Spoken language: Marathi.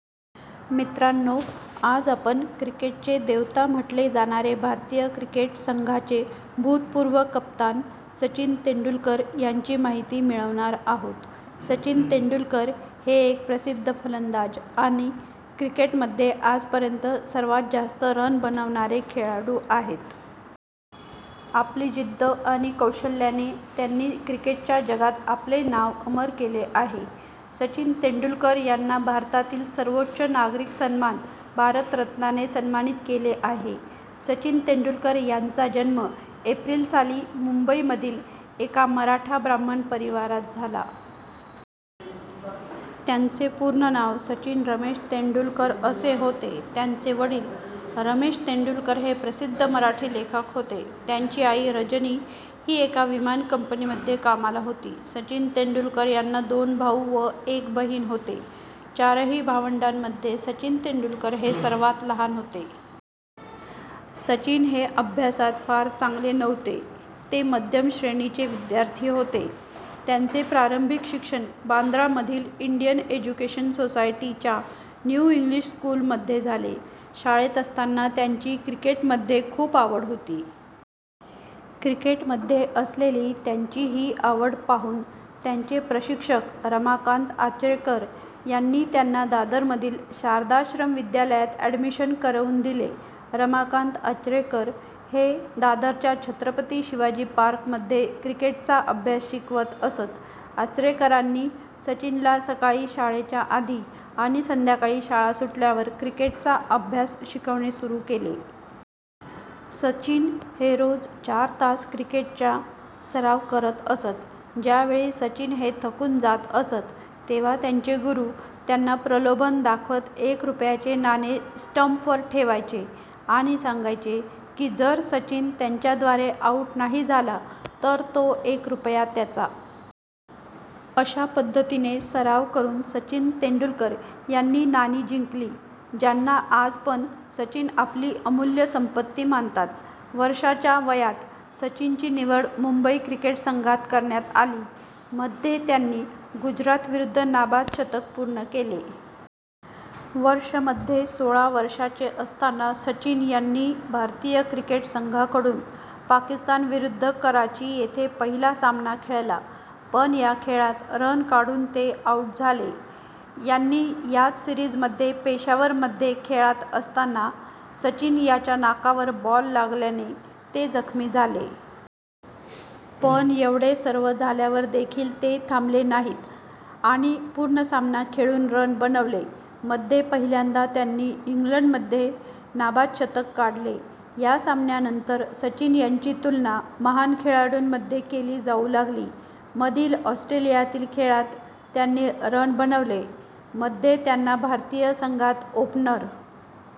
मित्रांनो आज आपण क्रिकेटचे देवता म्हटले जाणारे भारतीय क्रिकेट संघाचे भूतपूर्व कप्तान सचिन तेंडुलकर यांची माहिती मिळवणार आहोत. सचिन तेंडुलकर हे एक प्रसिद्ध फलंदाज आणि क्रिकेटमध्ये आजपर्यंत सर्वात जास्त रन बनवणारे खेळाडू आहेत. आपली जिद्द आणि कौशल्याने त्यांनी क्रिकेटच्या जगात आपले नाव अमर केले आहे. सचिन तेंडुलकर यांना भारतातील सर्वोच्च नागरिक सन्मान भारतरत्नाने सन्मानित केले आहे. सचिन तेंडुलकर यांचा जन्म एप्रिल साली मुंबईमधील एका मराठा ब्राह्मण परिवारात झाला. त्यांचे पूर्ण नाव सचिन रमेश तेंडुलकर असे होते. त्यांचे वडील रमेश तेंडुलकर हे प्रसिद्ध मराठी लेखक होते, त्यांची आई रजनी ही एका विमा कंपनीमध्ये कामाला होती. सचिन तेंडुलकर यांना दोन भाऊ व एक बहीण होते, चारही भावंडांमध्ये मध्ये सचिन तेंडुलकर हे सर्वात लहान होते. सचिन हे अभ्यासात फार चांगले नव्हते ते मध्यम श्रेणी चे विद्यार्थी होते. त्यांचे प्रारंभिक शिक्षण बांद्रा मधील इंडियन एज्युकेशन सोसायटी च्या न्यू इंग्लिश स्कूलमध्ये झाले. शाळेत असताना त्यांची क्रिकेट मध्ये खूप आवड होती. क्रिकेटमध्ये असलेली त्यांची ही आवड पाहून त्यांचे प्रशिक्षक रमाकांत आचरेकर यांनी त्यांना दादरमधील शारदाश्रम विद्यालयात ऍडमिशन करवून दिले. रमाकांत आचरेकर हे दादरच्या छत्रपती शिवाजी पार्क मध्ये क्रिकेट चा अभ्यास शिकवत असतं. आचरेकरांनी सचिनला सकाळी शाळेच्या आधी आणि संध्याकाळी शाळा सुटल्यावर क्रिकेटचा अभ्यास शिकवणे सुरू केले. सचिन हे रोज चार तास क्रिकेटच्या सराव करत असत. ज्यावेळी सचिन हे थकून जात असतं, तेव्हा त्यांचे गुरु त्यांना प्रलोभन दाखवत एक रुपयाचे नाणे स्टंप वर ठेवायचे आणि सांगायचे की जर सचिन त्यांच्याद्वारे आऊट नाही झाला तर तो एक रुपया त्याचा. अश्या पद्धतीने सराव करून सचिन तेंडुलकर यांनी नाणी जिंकली, ज्यांना आज पण सचिन आपली अमूल्य संपत्ती मानतात. वर्षाच्या वयात सचिन ची निवड मुंबई क्रिकेट संघात करण्यात आली. मध्ये त्यांनी गुजरात विरुद्ध नाबाद शतक पूर्ण केले. वर्ष मध्ये सोळा वर्षाचे असताना सचिन यांनी भारतीय क्रिकेट संघाकडून पाकिस्तान विरुद्ध कराची येथे पहिला सामना खेळला. पण या खेळात रन काढून ते आऊट झाले. यांनी याच सीरिज मध्ये पेशावर मध्ये खेळात असताना सचिन याच्या नाकावर बॉल लागल्याने ते जखमी झाले. पण येवढे सर्व झाल्यावर देखील ते थांबले नाहीत आणि पूर्ण सामना खेळून रन बनवले. मध्ये पहिल्यांदा त्यांनी इंग्लंड मध्ये नाबाद शतक काढले. या सामन्यानंतर सचिन यांची तुलना महान खेळाडूंमध्ये केली जाऊ लागली. मधील ऑस्ट्रेलियातील खेळात त्यांनी रन बनवले. मध्ये त्यांना भारतीय संघात ओपणर